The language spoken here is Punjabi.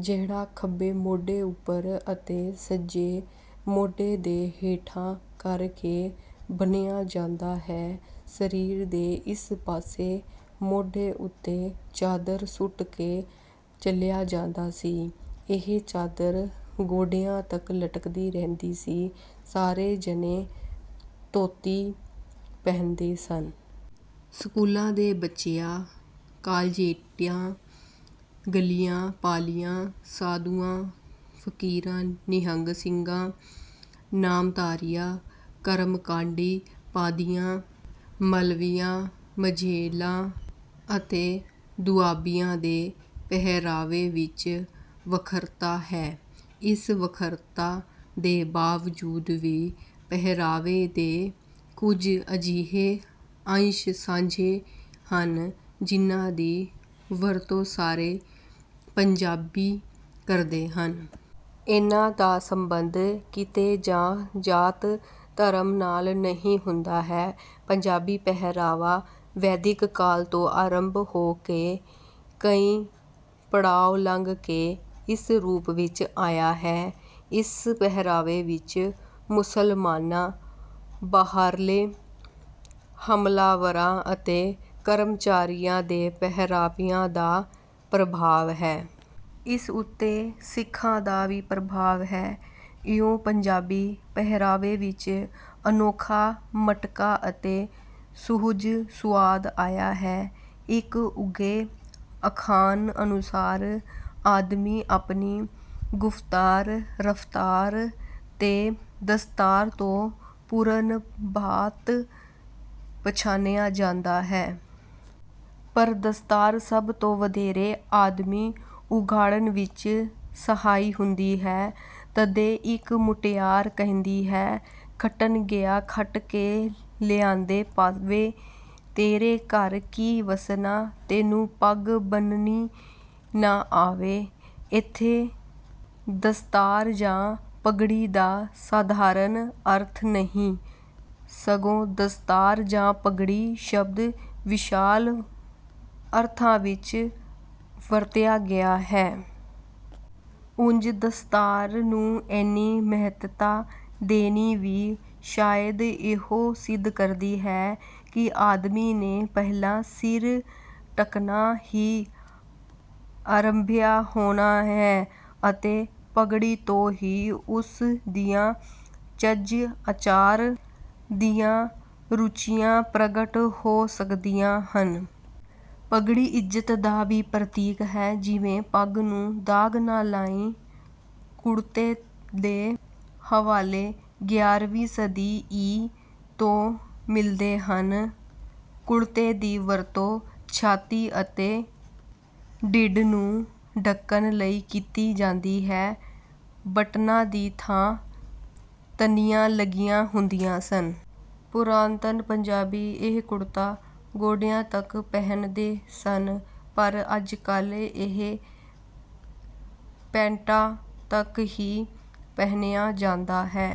ਜਿਹੜਾ ਖੱਬੇ ਮੋਢੇ ਉੱਪਰ ਅਤੇ ਸੱਜੇ ਮੋਢੇ ਦੇ ਹੇਠਾਂ ਕਰਕੇ ਬੰਨ੍ਹਿਆ ਜਾਂਦਾ ਹੈ। ਸਰੀਰ ਦੇ ਇਸ ਪਾਸੇ ਮੋਢੇ ਉੱਤੇ ਚਾਦਰ ਸੁੱਟ ਕੇ ਚਲਿਆ ਜਾਂਦਾ ਸੀ। ਇਹ ਚਾਦਰ ਗੋਡਿਆਂ ਤੱਕ ਲਟਕਦੀ ਰਹਿੰਦੀ ਸੀ। ਸਾਰੇ ਜਣੇ ਧੋਤੀ ਪਹਿਨਦੇ ਸਨ। ਸਕੂਲਾਂ ਦੇ ਬੱਚਿਆਂ, ਕਾਲਜੀਏਟਾਂ, ਗਲੀਆਂ, ਪਾਲੀਆਂ, ਸਾਧੂਆਂ, ਫ਼ਕੀਰਾਂ, ਨਿਹੰਗ ਸਿੰਘਾਂ, ਨਾਮਧਾਰੀਆਂ, ਕਰਮਕਾਂਡੀ ਪਾਂਧਿਆਂ, ਮਲਵਈਆਂ, ਮਝੇਲਾਂ ਅਤੇ ਦੁਆਬੀਆਂ ਦੇ ਪਹਿਰਾਵੇ ਵਿੱਚ ਵੱਖਰਤਾ ਹੈ। ਇਸ ਵੱਖਰਤਾ ਦੇ ਬਾਵਜੂਦ ਵੀ ਪਹਿਰਾਵੇ ਦੇ ਕੁਝ ਅਜਿਹੇ ਅੰਸ਼ ਸਾਂਝੇ ਹਨ, ਜਿਨ੍ਹਾਂ ਦੀ ਵਰਤੋਂ ਸਾਰੇ ਪੰਜਾਬੀ ਕਰਦੇ ਹਨ। ਇਹਨਾਂ ਦਾ ਸੰਬੰਧ ਕਿੱਤੇ ਜਾਂ ਜਾਤ-ਧਰਮ ਨਾਲ ਨਹੀਂ ਹੁੰਦਾ ਹੈ। ਪੰਜਾਬੀ ਪਹਿਰਾਵਾ ਵੈਦਿਕ ਕਾਲ ਤੋਂ ਆਰੰਭ ਹੋ ਕੇ ਕਈ ਪੜਾਅ ਲੰਘ ਕੇ ਇਸ ਰੂਪ ਵਿੱਚ ਆਇਆ ਹੈ। ਇਸ ਪਹਿਰਾਵੇ ਵਿੱਚ ਮੁਸਲਮਾਨਾਂ, ਬਾਹਰਲੇ ਹਮਲਾਵਰਾਂ ਅਤੇ ਕਰਮਚਾਰੀਆਂ ਦੇ ਪਹਿਰਾਵਿਆਂ ਦਾ ਪ੍ਰਭਾਵ ਹੈ। ਇਸ ਉੱਤੇ ਸਿੱਖਾਂ ਦਾ ਵੀ ਪ੍ਰਭਾਵ ਹੈ। ਇਉਂ ਪੰਜਾਬੀ ਪਹਿਰਾਵੇ ਵਿੱਚ ਅਨੋਖਾ ਮਟਕਾ ਅਤੇ ਸੁਹਜ-ਸੁਆਦ ਆਇਆ ਹੈ। ਇੱਕ ਉੱਘੇ ਅਖਾਣ ਅਨੁਸਾਰ, ਆਦਮੀ ਆਪਣੀ “ਗੁਫ਼ਤਾਰ, ਰਫ਼ਤਾਰ ਤੇ ਦਸਤਾਰ” ਤੋਂ ਪੂਰਨ ਭਾਂਤ ਪਛਾਣਿਆ ਜਾਂਦਾ ਹੈ। ਪਰ ਦਸਤਾਰ ਸਭ ਤੋਂ ਵਧੇਰੇ ਆਦਮੀ ਉਘਾੜਨ ਵਿੱਚ ਸਹਾਈ ਹੁੰਦੀ ਹੈ। ਤਦੇ ਇੱਕ ਮੁਟਿਆਰ ਕਹਿੰਦੀ ਹੈ: “ਖੱਟਣ ਗਿਆ ਖੱਟ ਕੇ ਲਿਆਂਦੇ ਪਾਵੇ, ਤੇਰੇ ਘਰ ਕੀ ਵੱਸਣਾ, ਤੈਨੂੰ ਪੱਗ ਬੰਨ੍ਹਣੀ ਨਾ ਆਵੇ।” ਇੱਥੇ ਦਸਤਾਰ ਜਾਂ ਪੱਗੜੀ ਦਾ ਸਾਧਾਰਣ ਅਰਥ ਨਹੀਂ, ਸਗੋਂ ਦਸਤਾਰ ਜਾਂ ਪੱਗੜੀ ਸ਼ਬਦ ਵਿਸ਼ਾਲ ਅਰਥਾਂ ਵਿੱਚ ਵਰਤਿਆ ਗਿਆ ਹੈ। ਉਂਝ ਦਸਤਾਰ ਨੂੰ ਐਨੀ ਮਹੱਤਤਾ ਦੇਣੀ ਵੀ ਸ਼ਾਇਦ ਇਹੋ ਸਿੱਧ ਕਰਦੀ ਹੈ ਕਿ ਆਦਮੀ ਨੇ ਪਹਿਲਾਂ ਸਿਰ ਢੱਕਣਾ ਹੀ ਆਰੰਭਿਆ ਹੋਣਾ ਹੈ ਅਤੇ ਪੱਗੜੀ ਤੋਂ ਹੀ ਉਸ ਦੀਆਂ ਚੱਜ-ਆਚਾਰ ਦੀਆਂ ਰੁਚੀਆਂ ਪ੍ਰਗਟ ਹੋ ਸਕਦੀਆਂ ਹਨ। ਪੱਗੜੀ ਇੱਜ਼ਤ ਦਾ ਪ੍ਰਤੀਕ ਵੀ ਹੈ, ਜਿਵੇਂ—“ਪੱਗ ਨੂੰ ਦਾਗ ਨਾ ਲਾਈਂ।” ਕੁੜਤੇ ਦੇ ਹਵਾਲੇ ਗਿਆਰਵੀਂ ਸਦੀ ਈ. ਤੋਂ ਮਿਲਦੇ ਹਨ। ਕੁੜਤੇ ਦੀ ਵਰਤੋਂ ਛਾਤੀ ਅਤੇ ਢਿੱਡ ਨੂੰ ਢੱਕਣ ਲਈ ਕੀਤੀ ਜਾਂਦੀ ਹੈ। ਬਟਨਾਂ ਦੀ ਥਾਂ ਤਣੀਆਂ ਲੱਗੀਆਂ ਹੁੰਦੀਆਂ ਸਨ। ਪੁਰਾਤਨ ਪੰਜਾਬੀ ਇਹ ਕੁੜਤਾ ਗੋਡਿਆਂ ਤੱਕ ਪਹਿਨਦੇ ਸਨ, ਪਰ ਅੱਜ-ਕੱਲ੍ਹ ਇਹ ਪੈਂਟਾਂ ਤੱਕ ਹੀ ਪਹਿਨਿਆ ਜਾਂਦਾ ਹੈ।